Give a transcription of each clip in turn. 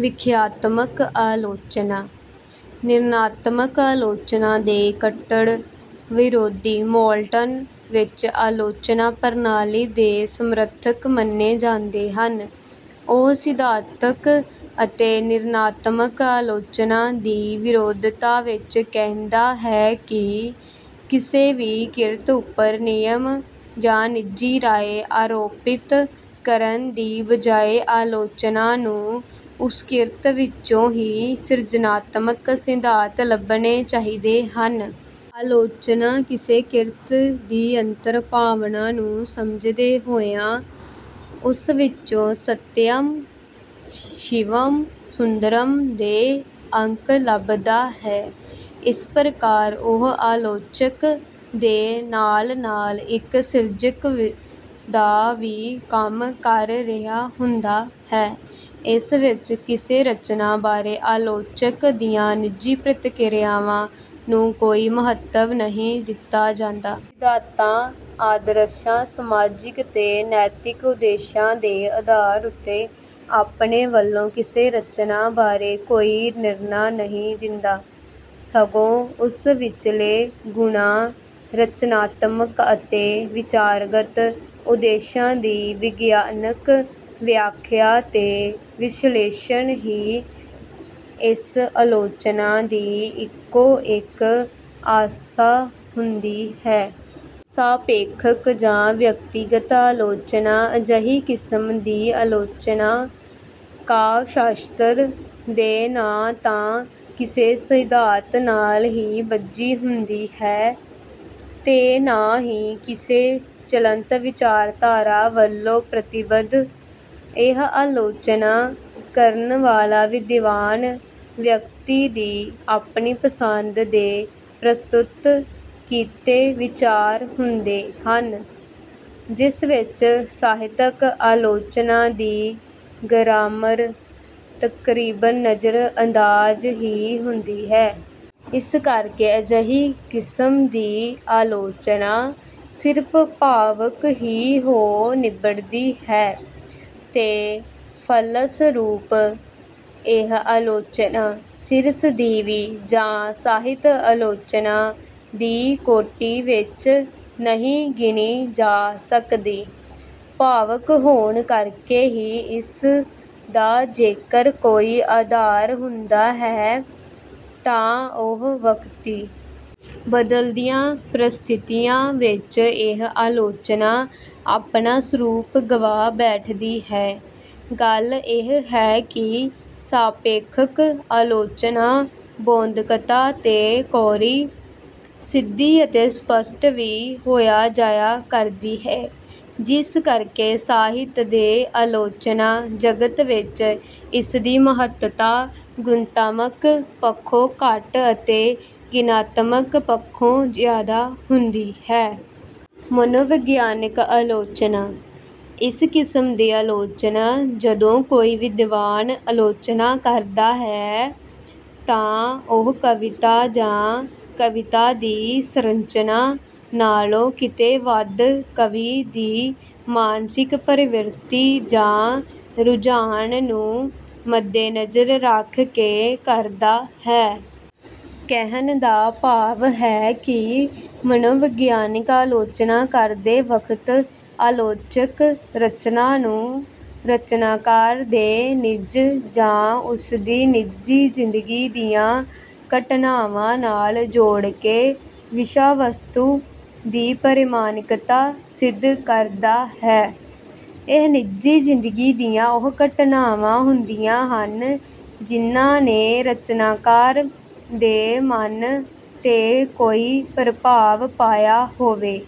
ਵਿਆਖਿਆਤਮਕ ਆਲੋਚਨਾ, ਨਿਰਣਾਤਮਕ ਆਲੋਚਨਾ ਦੇ ਕੱਟੜ ਵਿਰੋਧੀ ਮੌਲਟਨ ਇਸ ਆਲੋਚਨਾ ਪ੍ਰਣਾਲੀ ਦੇ ਸਮਰਥਕ ਮੰਨੇ ਜਾਂਦੇ ਹਨ। ਉਹ ਸਿਧਾਂਤਕ ਅਤੇ ਨਿਰਣਾਤਮਕ ਆਲੋਚਨਾ ਦੀ ਵਿਰੋਧਤਾ ਵਿੱਚ ਕਹਿੰਦਾ ਹੈ ਕਿ ਕਿਸੇ ਵੀ ਕਿਰਤ ਉੱਪਰ ਨਿਯਮ ਜਾਂ ਨਿੱਜੀ ਰਾਏ ਆਰੋਪਿਤ ਕਰਨ ਦੀ ਬਜਾਏ, ਆਲੋਚਨਾ ਨੂੰ ਉਸ ਕਿਰਤ ਵਿੱਚੋਂ ਹੀ ਸਿਰਜਣਾਤਮਕ ਸਿਧਾਂਤ ਲੱਭਣੇ ਚਾਹੀਦੇ ਹਨ। ਆਲੋਚਨਾ ਕਿਸੇ ਕਿਰਤ ਦੀ ਅੰਤਰ-ਭਾਵਨਾ ਨੂੰ ਸਮਝਦੇ ਹੋਇਆ, ਉਸ ਵਿੱਚੋਂ ਸਤਿਅਮ, ਸ਼ਿਵਮ, ਸੁੰਦਰਮ ਦੇ ਅੰਕ ਲੱਭਦਾ ਹੈ। ਇਸ ਪ੍ਰਕਾਰ ਉਹ ਆਲੋਚਕ ਦੇ ਨਾਲ-ਨਾਲ ਇੱਕ ਸਿਰਜਕ ਦਾ ਵੀ ਕੰਮ ਕਰ ਰਿਹਾ ਹੁੰਦਾ ਹੈ। ਇਸ ਵਿੱਚ ਕਿਸੇ ਰਚਨਾ ਬਾਰੇ ਆਲੋਚਕ ਦੀਆਂ ਨਿੱਜੀ ਪ੍ਰਤੀਕਿਰਿਆਵਾਂ ਨੂੰ ਕੋਈ ਮਹੱਤਵ ਨਹੀਂ ਦਿੱਤਾ ਜਾਂਦਾ। ਸਿਧਾਂਤਾਂ, ਆਦਰਸ਼ਾਂ, ਸਮਾਜਿਕ ਤੇ ਨੈਤਿਕ ਉਦੇਸ਼ਾਂ ਦੇ ਆਧਾਰ ਉੱਤੇ ਆਪਣੇ ਵੱਲੋਂ ਕਿਸੇ ਰਚਨਾ ਬਾਰੇ ਕੋਈ ਨਿਰਣਾ ਨਹੀਂ ਦਿੰਦਾ, ਸਗੋਂ ਉਸ ਵਿੱਚਲੇ ਗੁਣਾਂ, ਰਚਨਾਤਮਕ ਤੇ ਵਿਚਾਰਗਤ ਉਦੇਸ਼ਾਂ ਦੀ ਵਿਗਿਆਨਕ ਵਿਆਖਿਆ ਤੇ ਵਿਸ਼ਲੇਸ਼ਣ ਹੀ ਇਸ ਆਲੋਚਨਾ ਦੀ ਇੱਕੋ ਇੱਕ ਆਸਾ ਹੁੰਦੀ ਹੈ। ਸਾਪੇਖਕ ਜਾਂ ਵਿਅਕਤੀਗਤ ਆਲੋਚਨਾ ਅਜਿਹੀ ਕਿਸਮ ਦੀ ਆਲੋਚਨਾ ਕਾਵਿ-ਸ਼ਾਸਤਰ ਦੇ ਨਾ ਤਾਂ ਕਿਸੇ ਸਿਧਾਂਤ ਨਾਲ ਹੀ ਬੱਝੀ ਹੁੰਦੀ ਹੈ, ਤੇ ਨਾ ਹੀ ਕਿਸੇ ਚਲੰਤ ਵਿਚਾਰਧਾਰਾ ਵੱਲੋਂ ਪ੍ਰਤੀਬੱਧ। ਇਹ ਆਲੋਚਨਾ ਕਰਨ ਵਾਲਾ ਵਿਦਵਾਨ ਵਿਅਕਤੀ ਦੀ ਆਪਣੀ ਪਸੰਦ ਦੇ ਪ੍ਰਸਤੁਤ ਕੀਤੇ ਵਿਚਾਰ ਹੁੰਦੇ ਹਨ, ਜਿਸ ਵਿੱਚ ਸਾਹਿਤਕ ਆਲੋਚਨਾ ਦੀ ਗ੍ਰਾਮਰ ਤਕਰੀਬਨ ਨਜ਼ਰ-ਅੰਦਾਜ਼ ਹੀ ਹੁੰਦੀ ਹੈ। ਇਸ ਕਰਕੇ ਅਜਿਹੀ ਕਿਸਮ ਦੀ ਆਲੋਚਨਾ ਸਿਰਫ਼ ਭਾਵੁਕ ਹੀ ਹੋ ਨਿਬੜਦੀ ਹੈ, ਤੇ ਫਲਸਰੂਪ ਇਹ ਆਲੋਚਨਾ ਚਿਰ-ਸਦੀਵੀ ਜਾਂ ਸਾਹਿਤ ਆਲੋਚਨਾ ਦੀ ਕੋਟੀ ਵਿੱਚ ਨਹੀਂ ਗਿਣੀ ਜਾ ਸਕਦੀ। ਭਾਵੁਕ ਹੋਣ ਕਰਕੇ ਹੀ ਇਸਦਾ ਜੇਕਰ ਕੋਈ ਆਧਾਰ ਹੁੰਦਾ ਹੈ, ਤਾਂ ਉਹ ਵਕਤੀ। ਬਦਲਦੀਆਂ ਪਰਸਥਿਤੀਆਂ ਵਿੱਚ ਇਹ ਆਲੋਚਨਾ ਆਪਣਾ ਸਰੂਪ ਗਵਾ ਬੈਠਦੀ ਹੈ। ਗੱਲ ਇਹ ਹੈ ਕਿ ਸਾਪੇਖਕ ਆਲੋਚਨਾ ਬੌਧਿਕਤਾ ਤੋਂ ਕੋਰੀ, ਸਿੱਧੀ ਅਤੇ ਸਪੱਸ਼ਟ ਵੀ ਹੋ ਜਾਇਆ ਕਰਦੀ ਹੈ, ਜਿਸ ਕਰਕੇ ਸਾਹਿਤ ਦੇ ਆਲੋਚਨਾ ਜਗਤ ਵਿੱਚ ਇਸਦੀ ਮਹੱਤਤਾ ਗੁਣਾਤਮਕ ਪੱਖੋਂ ਘੱਟ ਅਤੇ ਗਿਣਾਤਮਕ ਪੱਖੋਂ ਜ਼ਿਆਦਾ ਹੁੰਦੀ ਹੈ। ਮਨੋਵਿਗਿਆਨਕ ਆਲੋਚਨਾ: ਇਸ ਕਿਸਮ ਦੀ ਆਲੋਚਨਾ ਜਦੋਂ ਕੋਈ ਵਿਦਵਾਨ ਆਲੋਚਨਾ ਕਰਦਾ ਹੈ, ਤਾਂ ਉਹ ਕਵਿਤਾ ਜਾਂ ਕਵਿਤਾ ਦੀ ਸੰਰਚਨਾ ਨਾਲੋਂ ਕਿਤੇ ਵੱਧ ਕਵੀ ਦੀ ਮਾਨਸਿਕ ਪ੍ਰਵਿਰਤੀ ਜਾਂ ਰੁਝਾਨ ਨੂੰ ਮੱਦੇਨਜ਼ਰ ਰੱਖ ਕੇ ਕਰਦਾ ਹੈ। ਕਹਿਣ ਦਾ ਭਾਵ ਹੈ ਕਿ ਮਨੋਵਿਗਿਆਨਕ ਆਲੋਚਨਾ ਕਰਦੇ ਵਕਤ ਆਲੋਚਕ ਰਚਨਾ ਨੂੰ ਰਚਨਾਕਾਰ ਦੇ ਨਿੱਜ ਜਾਂ ਉਸਦੀ ਨਿੱਜੀ ਜ਼ਿੰਦਗੀ ਦੀਆਂ ਘਟਨਾਵਾਂ ਨਾਲ ਜੋੜਕੇ ਵਿਸ਼ਾ-ਵਸਤੂ ਦੀ ਪ੍ਰਮਾਣਿਕਤਾ ਸਿੱਧ ਕਰਦਾ ਹੈ। ਇਹ ਨਿੱਜੀ ਜ਼ਿੰਦਗੀ ਦੀਆਂ ਉਹ ਘਟਨਾਵਾਂ ਹੁੰਦੀਆਂ ਹਨ ਜਿਨ੍ਹਾਂ ਨੇ ਰਚਨਾਕਾਰ ਦੇ ਮਨ 'ਤੇ ਕੋਈ ਪ੍ਰਭਾਵ ਪਾਇਆ ਹੋਵੇ,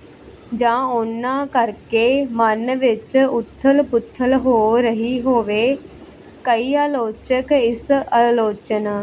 ਜਾਂ ਉਨ੍ਹਾਂ ਕਰਕੇ ਮਨ ਵਿੱਚ ਉੱਥਲ-ਪੁੱਥਲ ਹੋ ਰਹੀ ਹੋਵੇ। ਕਈ ਆਲੋਚਕ ਇਸ ਆਲੋਚਨਾ